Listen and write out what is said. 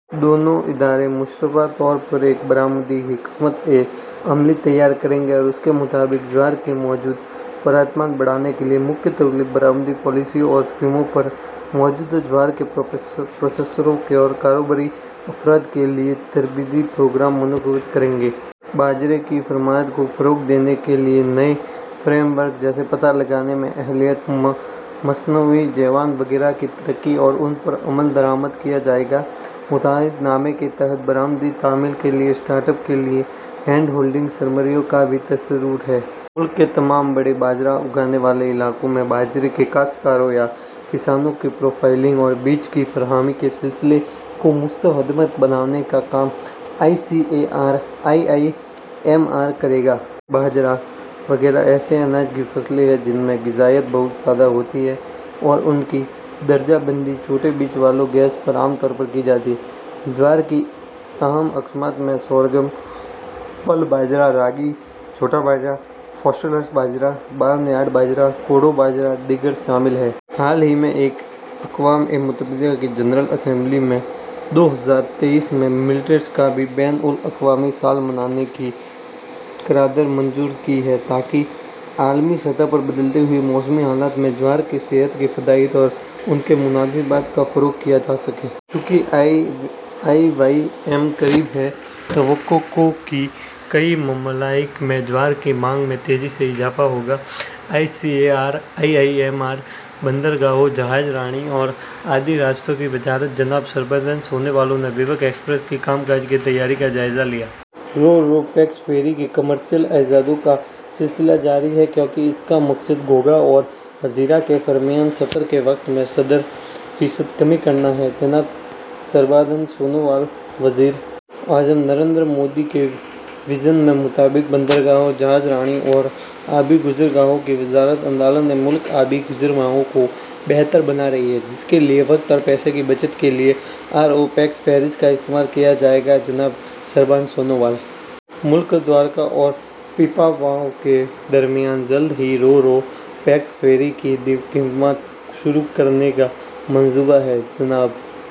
دونوں ادارے مشترکہ طور پر ایک برآمداتی حکمتِ عملی تیار کریں گے اور اس کے مطابق جوار کی موجودہ برآمدات بڑھانے کے لیے مختلف برآمداتی پالیسیوں اور اسکیموں پر موجودہ جوار کے پروسیسرز اور کاروباری افراد کے لیے تربیتی پروگرام منعقد کریں گے۔ باجرے کی برآمدات کو فروغ دینے کے لیے نئے فریم ورک، جیسے پتہ لگانے کی اہلیت، مصنوعی ذہانت وغیرہ، کی ترقی اور ان پر عمل درآمد کیا جائے گا۔ مفاہمت نامے کے تحت برآمدی تعمیل کے لیے اسٹارٹ اپس کے لیے ہینڈ ہولڈنگ سرگرمیوں کا بھی تصور ہے۔ ملک کے تمام بڑے باجرہ اگانے والے علاقوں میں باجرے کے کاشتکاروں یا کسانوں کی پروفائلنگ اور بیج کی فراہمی کے سلسلے کو مضبوط بنانے کا کام I C A R I I M R کرے گا۔ باجرہ وغیرہ ایسے اناج کی فصلیں ہیں جن میں غذائیت بہت زیادہ ہوتی ہے اور ان کی درجہ بندی چھوٹے بیج والی گھاسوں کے طور پر کی جاتی ہے۔ جوار کی اہم اقسام میں سورگم، پرل باجرہ، راگی، چھوٹا باجرہ، فاکس ٹیل باجرہ، بارن یارڈ باجرہ، کوڈو باجرہ اور دیگر شامل ہیں۔ حال ہی میں، اقوام متحدہ کی جنرل اسمبلی نے دو ہزار تئیس میں ملیٹس کا بین الاقوامی سال منانے کی قرارداد منظور کی ہے تاکہ عالمی سطح پر بدلتے ہوئے موسمی حالات میں جوار کے صحت کے فوائد اور ان کی مناسبت کو فروغ دیا جا سکے۔ چونکہ آئی وائی ایم قریب ہے، توقع ہے کہ کئی ممالک میں جوار کی مانگ میں تیزی سے اضافہ ہوگا۔ I C A R I I M R. بندرگاہوں، جہاز رانی اور آبی راستوں کی وزارت جناب سربانند سونووال نے وویک ایکسپریس کے کام کاج کی تیاری کا جائزہ لیا۔ رو رو پیکس فیری کی کمرشل آزمائشوں کا سلسلہ جاری ہے، کیونکہ اس کا مقصد گھوگھا اور ہزیرا کے درمیان سفر کے وقت میں ستر فیصد کمی کرنا ہے: جناب سربانند سونووال۔ وزیر اعظم نریندر مودی کے وژن کے مطابق، بندرگاہوں، جہاز رانی اور آبی گزرگاہوں کی وزارت اندرونِ ملک آبی گزرگاہوں کو بہتر بنا رہی ہے، جس کے لیے وقت اور پیسے کی بچت کے لیے آر او پیکس فیریز کا استعمال کیا جائے گا: جناب سربانند سونووال۔ ملدوارکا اور پیپاوو کے درمیان جلد ہی رو رو پیکس فیری کی خدمات شروع کرنے کا منصوبہ ہے: جناب